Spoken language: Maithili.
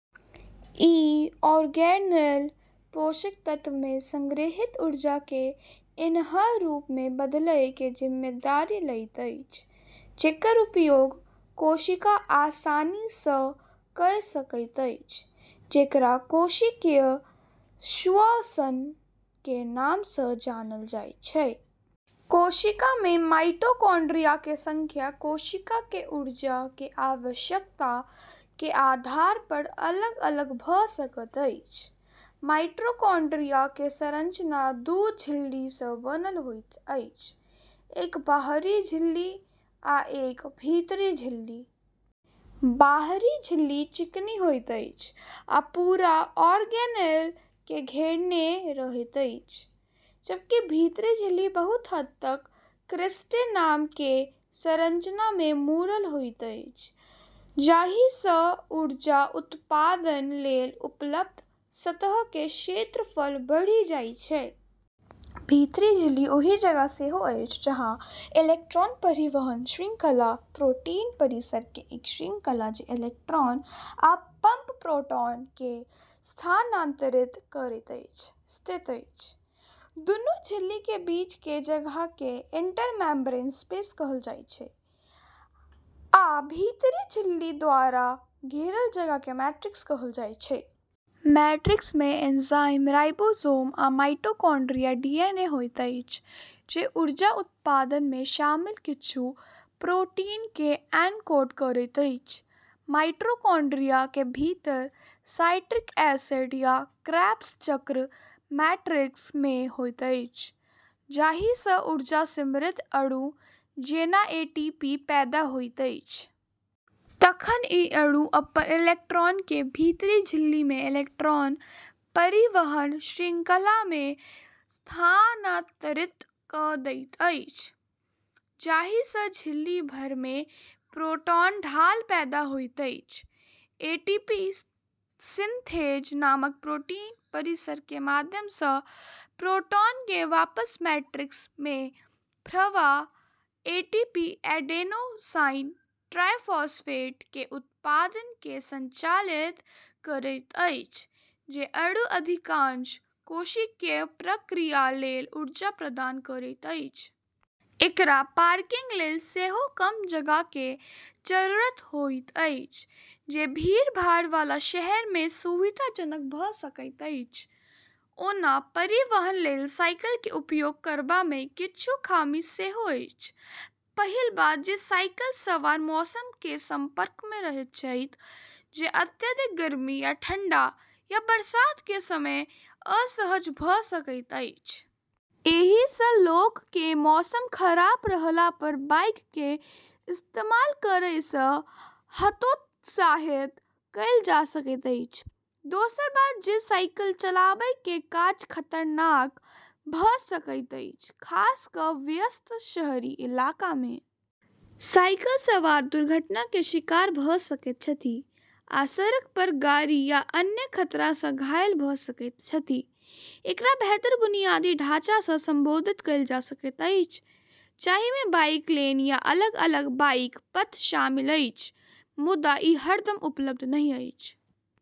ई ऑर्गेनेल पोषक तत्व मे संग्रहित ऊर्जा के एनह रूप मे बदलय के जिम्मेदारी लैत अछि जेकर उपयोग कोशिका आसानी सँ कए सकैत अछि, जेकरा कोशिकीय श्वसन के नाम सँ जानल जाय छै। कोशिका मे माइटोकॉन्ड्रिया के संख्या कोशिका के ऊर्जा के आवश्यकता के आधार पर अलग-अलग भ' सकैत अछि। माइटोकॉन्ड्रिया के संरचना दू झिल्ली सँ बनल होइत अछि: एक बाहरी झिल्ली आ एक भीतरी झिल्ली। बाहरी झिल्ली चिकनी होइत अछि आ पूरा ऑर्गेनेल के घेरने रहैत अछि, जबकि भीतरी झिल्ली बहुत हद तक क्रिस्टे नाम के संरचना मे मुड़ल होइत अछि, जाहि सँ ऊर्जा उत्पादन लेल उपलब्ध सतह के क्षेत्रफल बढ़ि जाय छै। भीतरी झिल्ली ओहि जगह सेहो अछि जहाँ इलेक्ट्रॉन परिवहन श्रृंखला, प्रोटीन परिसर के एक श्रृंखला जे इलेक्ट्रॉन आ पंप प्रोटॉन के स्थानांतरित करैत अछि, स्थित अछि। दुनू झिल्ली के बीच के जगह के इंटरमेम्ब्रेन स्पेस कहल जाय छै, आ भीतरी झिल्ली द्वारा घेरल जगह के मैट्रिक्स कहल जाय छै। मैट्रिक्स मे एंजाइम, राइबोसोम आ माइटोकॉन्ड्रिया डीएनए होइत अछि, जे ऊर्जा उत्पादन मे शामिल किछु प्रोटीन के एन्कोड करैत अछि। माइटोकॉन्ड्रिया के भीतर साइट्रिक एसिड या क्रेब्स चक्र मैट्रिक्स मे होइत अछि, जाहि सँ ऊर्जा-समृद्ध अणु जेनाएटीपी पैदा होइत अछि। तखन ई अणु अपन इलेक्ट्रॉन के भीतरी झिल्ली मे इलेक्ट्रॉन परिवहन श्रृंखला मे स्थानांतरित कए दैत अछि, जाहि सँ झिल्ली भर मे प्रोटॉन ढाल पैदा होइत अछि। एटीपी सिन्थेज नामक प्रोटीन परिसर के माध्यम सँ प्रोटॉन के वापस मैट्रिक्स मे प्रवाह एटीपी एडेनोसाइन ट्राइफॉस्फेट के उत्पादन के संचालित करैत अछि, जे अणु अधिकांश कोशिकीय प्रक्रिया लेल ऊर्जा प्रदान करैत अछि। एकरा पार्किंग लेल सेहो कम जगह के जरूरत होइत अछि, जे भीड़भाड़ वाला शहर मे सुविधाजनक भ' सकैत अछि। ओना परिवहन लेल साइकिल के उपयोग करबा मे किछु खामी सेहो अछि। पहिल बात जे साइकिल सवार मौसम के संपर्क मे रहैत छथि, जे अत्यधिक गर्मी या ठंडा, या बरसात के समय असहज भ' सकैत अछि। एहि सँ लोक के मौसम खराब रहला पर बाइक के इस्तेमाल करय सँ हतोत्साहित कएल जा सकैत अछि। दोसर बात जे साइकिल चलाबय के काज खतरनाक भ' सकैत अछि, खास क' व्यस्त शहरी इलाका मे। साइकिल सवार दुर्घटना के शिकार भ' सकैत छथि, आ सड़क पर गाड़ी या अन्य खतरा सँ घायल भ' सकैत छथि। एकरा बेहतर बुनियादी ढाँचा सँ संबोधित कएल जा सकैत अछि, जाहि मे बाइक लेन या अलग-अलग बाइक पथ शामिल अछि, मुदा ई हरदम उपलब्ध नहि अछि।